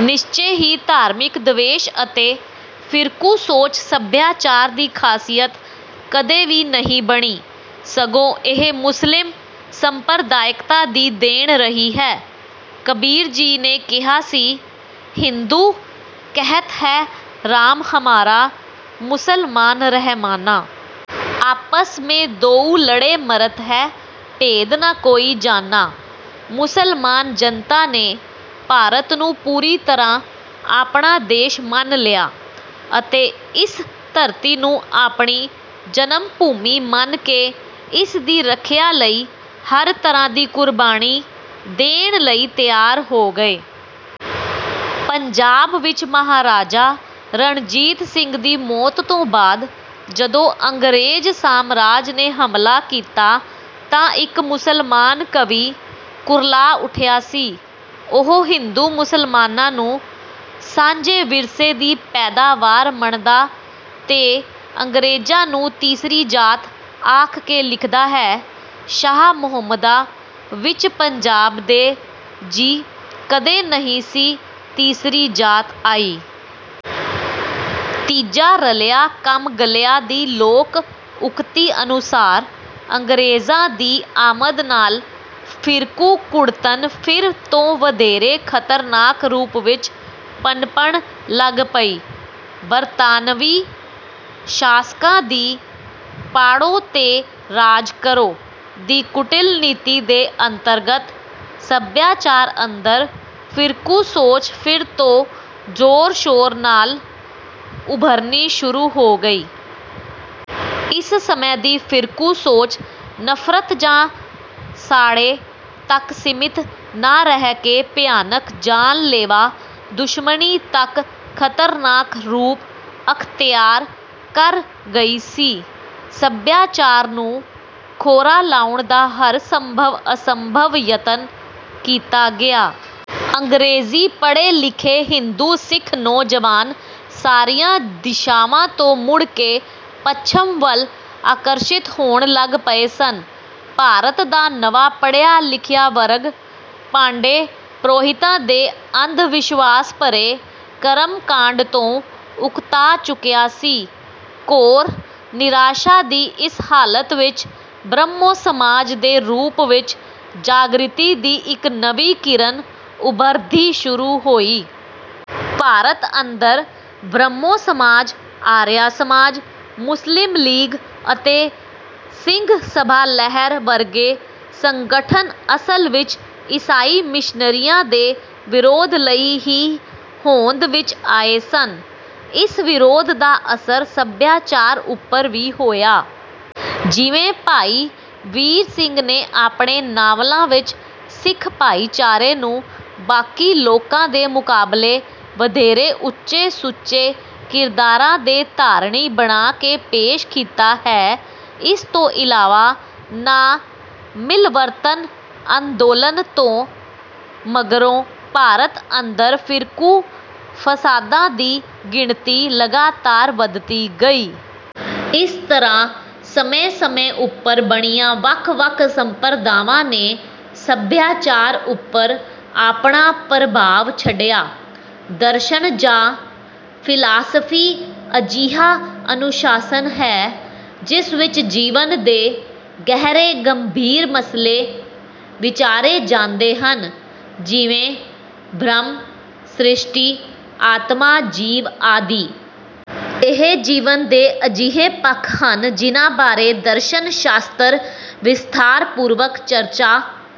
ਨਿਸ਼ਚੇ ਹੀ ਧਾਰਮਿਕ ਦਵੈਸ਼ ਅਤੇ ਫਿਰਕੂ ਸੋਚ ਸੱਭਿਆਚਾਰ ਦੀ ਖਾਸੀਅਤ ਕਦੇ ਵੀ ਨਹੀਂ ਬਣੀ, ਸਗੋਂ ਇਹ ਮੁਸਲਿਮ ਸੰਪਰਦਾਇਕਤਾ ਦੀ ਦੇਣ ਰਹੀ ਹੈ। ਕਬੀਰ ਜੀ ਨੇ ਕਿਹਾ ਸੀ, "ਹਿੰਦੂ ਕਹਤ ਹੈ ਰਾਮ ਹਮਾਰਾ, ਮੁਸਲਮਾਨ ਰਹਿਮਾਨਾ। ਆਪਸ ਮੇਂ ਦੋਊ ਲੜੇ ਮਰਤ ਹੈਂ, ਭੇਦ ਨਾ ਕੋਈ ਜਾਨਾ।" ਮੁਸਲਮਾਨ ਜਨਤਾ ਨੇ ਭਾਰਤ ਨੂੰ ਪੂਰੀ ਤਰ੍ਹਾਂ ਆਪਣਾ ਦੇਸ਼ ਮੰਨ ਲਿਆ ਅਤੇ ਇਸ ਧਰਤੀ ਨੂੰ ਆਪਣੀ ਜਨਮਭੂਮੀ ਮੰਨ ਕੇ ਇਸਦੀ ਰੱਖਿਆ ਲਈ ਹਰ ਤਰ੍ਹਾਂ ਦੀ ਕੁਰਬਾਨੀ ਦੇਣ ਲਈ ਤਿਆਰ ਹੋ ਗਏ। ਪੰਜਾਬ ਵਿੱਚ ਮਹਾਰਾਜਾ ਰਣਜੀਤ ਸਿੰਘ ਦੀ ਮੌਤ ਤੋਂ ਬਾਅਦ ਜਦੋਂ ਅੰਗਰੇਜ਼ ਸਾਮਰਾਜ ਨੇ ਹਮਲਾ ਕੀਤਾ, ਤਾਂ ਇੱਕ ਮੁਸਲਮਾਨ ਕਵੀ ਕੁਰਲਾ ਉੱਠਿਆ ਸੀ। ਉਹ ਹਿੰਦੂ-ਮੁਸਲਮਾਨਾਂ ਨੂੰ 'ਸਾਂਝੇ ਵਿਰਸੇ' ਦੀ ਪੈਦਾਵਾਰ ਮੰਨਦਾ ਤੇ ਅੰਗਰੇਜ਼ਾਂ ਨੂੰ 'ਤੀਸਰੀ ਜਾਤ' ਆਖ ਕੇ ਲਿਖਦਾ ਹੈ: - "ਸ਼ਾਹ ਮੁਹੰਮਦਾ, ਵਿਚ ਪੰਜਾਬ ਦੇ ਜੀ, ਕਦੇ ਨਹੀਂ ਸੀ ਤੀਸਰੀ ਜਾਤ ਆਈ।" 'ਤੀਜਾ ਰਲਿਆ ਕੰਮ ਗਲਿਆ' ਦੀ ਲੋਕ-ਉਕਤੀ ਅਨੁਸਾਰ ਅੰਗਰੇਜ਼ਾਂ ਦੀ ਆਮਦ ਨਾਲ ਫ਼ਿਰਕੂ ਕੁੜੱਤਣ ਫਿਰ ਤੋਂ ਵਧੇਰੇ ਖ਼ਤਰਨਾਕ ਰੂਪ ਵਿੱਚ ਪਨਪਣ ਲੱਗ ਪਈ। ਬਰਤਾਨਵੀ ਸ਼ਾਸਕਾਂ ਦੀ 'ਪਾੜੋ ਤੇ ਰਾਜ ਕਰੋ' ਦੀ ਕੁਟਿਲ ਨੀਤੀ ਦੇ ਅੰਤਰਗਤ ਸਭਿਆਚਾਰ ਅੰਦਰ ਫ਼ਿਰਕੂ ਸੋਚ ਫਿਰ ਤੋਂ ਜ਼ੋਰ-ਸ਼ੋਰ ਨਾਲ ਉਭਰਨੀ ਸ਼ੁਰੂ ਹੋ ਗਈ। ਇਸ ਸਮੇਂ ਦੀ ਫ਼ਿਰਕੂ ਸੋਚ 'ਨਫ਼ਰਤ' ਜਾਂ 'ਸਾੜੇ' ਤੱਕ ਸੀਮਿਤ ਨਾ ਰਹਿ ਕੇ ਭਿਆਨਕ, ਜਾਨ-ਲੇਵਾ ਦੁਸ਼ਮਣੀ ਤੱਕ ਖ਼ਤਰਨਾਕ ਰੂਪ ਅਖ਼ਤਿਆਰ ਕਰ ਗਈ ਸੀ। ਸਭਿਆਚਾਰ ਨੂੰ ਖੋਰਾ ਲਾਉਣ ਦਾ ਹਰ ਸੰਭਵ-ਅਸੰਭਵ ਯਤਨ ਕੀਤਾ ਗਿਆ। ਅੰਗਰੇਜ਼ੀ ਪੜ੍ਹੇ-ਲਿਖੇ ਹਿੰਦੂ-ਸਿੱਖ ਨੌਜਵਾਨ ਸਾਰੀਆਂ ਦਿਸ਼ਾਵਾਂ ਤੋਂ ਮੁੜ ਕੇ ਪੱਛਮ ਵੱਲ ਆਕਰਸ਼ਿਤ ਹੋਣ ਲੱਗ ਪਏ ਸਨ। ਭਾਰਤ ਦਾ ਨਵਾਂ ਪੜ੍ਹਿਆ-ਲਿਖਿਆ ਵਰਗ ਪਾਂਡੇ, ਪ੍ਰੋਹਿਤਾਂ ਦੇ ਅੰਧ-ਵਿਸ਼ਵਾਸ ਭਰੇ ਕਰਮ-ਕਾਂਡ ਤੋਂ ਉਕਤਾ ਚੁੱਕਿਆ ਸੀ। ਘੋਰ ਨਿਰਾਸ਼ਾ ਦੀ ਇਸ ਹਾਲਤ ਵਿੱਚ ਬ੍ਰਹਮੋ ਸਮਾਜ ਦੇ ਰੂਪ ਵਿੱਚ ਜਾਗ੍ਰਿਤੀ ਦੀ ਇੱਕ ਨਵੀਂ ਕਿਰਨ ਉਭਰਦੀ ਸ਼ੁਰੂ ਹੋਈ। ਭਾਰਤ ਅੰਦਰ ਬ੍ਰਹਮੋ ਸਮਾਜ, ਆਰੀਆ ਸਮਾਜ, ਮੁਸਲਿਮ ਲੀਗ, ਅਤੇ ਸਿੰਘ ਸਭਾ ਲਹਿਰ ਵਰਗੇ ਸੰਗਠਨ ਅਸਲ ਵਿੱਚ ਈਸਾਈ ਮਿਸ਼ਨਰੀਆਂ ਦੇ ਵਿਰੋਧ ਲਈ ਹੀ ਹੋਂਦ ਵਿੱਚ ਆਏ ਸਨ। ਇਸ ਵਿਰੋਧ ਦਾ ਅਸਰ ਸਭਿਆਚਾਰ ਉੱਪਰ ਵੀ ਹੋਇਆ। ਜਿਵੇਂ ਭਾਈ ਵੀਰ ਸਿੰਘ ਨੇ ਆਪਣੇ ਨਾਵਲਾਂ ਵਿੱਚ ਸਿੱਖ ਭਾਈਚਾਰੇ ਨੂੰ ਬਾਕੀ ਲੋਕਾਂ ਦੇ ਮੁਕਾਬਲੇ ਵਧੇਰੇ ਉੱਚੇ-ਸੁੱਚੇ ਕਿਰਦਾਰਾਂ ਦੇ ਧਾਰਨੀ ਬਣਾ ਕੇ ਪੇਸ਼ ਕੀਤਾ ਹੈ। ਇਸ ਤੋਂ ਇਲਾਵਾ ਨਾ-ਮਿਲਵਰਤਨ ਅੰਦੋਲਨ ਤੋਂ ਮਗਰੋਂ ਭਾਰਤ ਅੰਦਰ ਫਿਰਕੂ ਫਸਾਦਾਂ ਦੀ ਗਿਣਤੀ ਲਗਾਤਾਰ ਵਧਦੀ ਗਈ। ਇਸ ਤਰ੍ਹਾਂ ਸਮੇਂ-ਸਮੇਂ ਉੱਪਰ ਬਣੀਆਂ ਵੱਖ-ਵੱਖ ਸੰਪਰਦਾਵਾਂ ਨੇ ਸਭਿਆਚਾਰ ਉੱਪਰ ਆਪਣਾ ਪ੍ਰਭਾਵ ਛੱਡਿਆ। ਦਰਸ਼ਨ ਜਾਂ ਫਿਲਾਸਫੀ ਅਜਿਹਾ ਅਨੁਸ਼ਾਸਨ ਹੈ, ਜਿਸ ਵਿੱਚ ਜੀਵਨ ਦੇ ਗਹਿਰੇ-ਗੰਭੀਰ ਮਸਲੇ ਵਿਚਾਰੇ ਜਾਂਦੇ ਹਨ, ਜਿਵੇਂ: ਬ੍ਰਹਮ, ਸ੍ਰਿਸ਼ਟੀ, ਆਤਮਾ, ਜੀਵ ਆਦਿ। ਇਹ ਜੀਵਨ ਦੇ ਅਜਿਹੇ ਪੱਖ ਹਨ ਜਿਨ੍ਹਾਂ ਬਾਰੇ ਦਰਸ਼ਨ-ਸ਼ਾਸਤਰ ਵਿਸਥਾਰਪੂਰਵਕ ਚਰਚਾ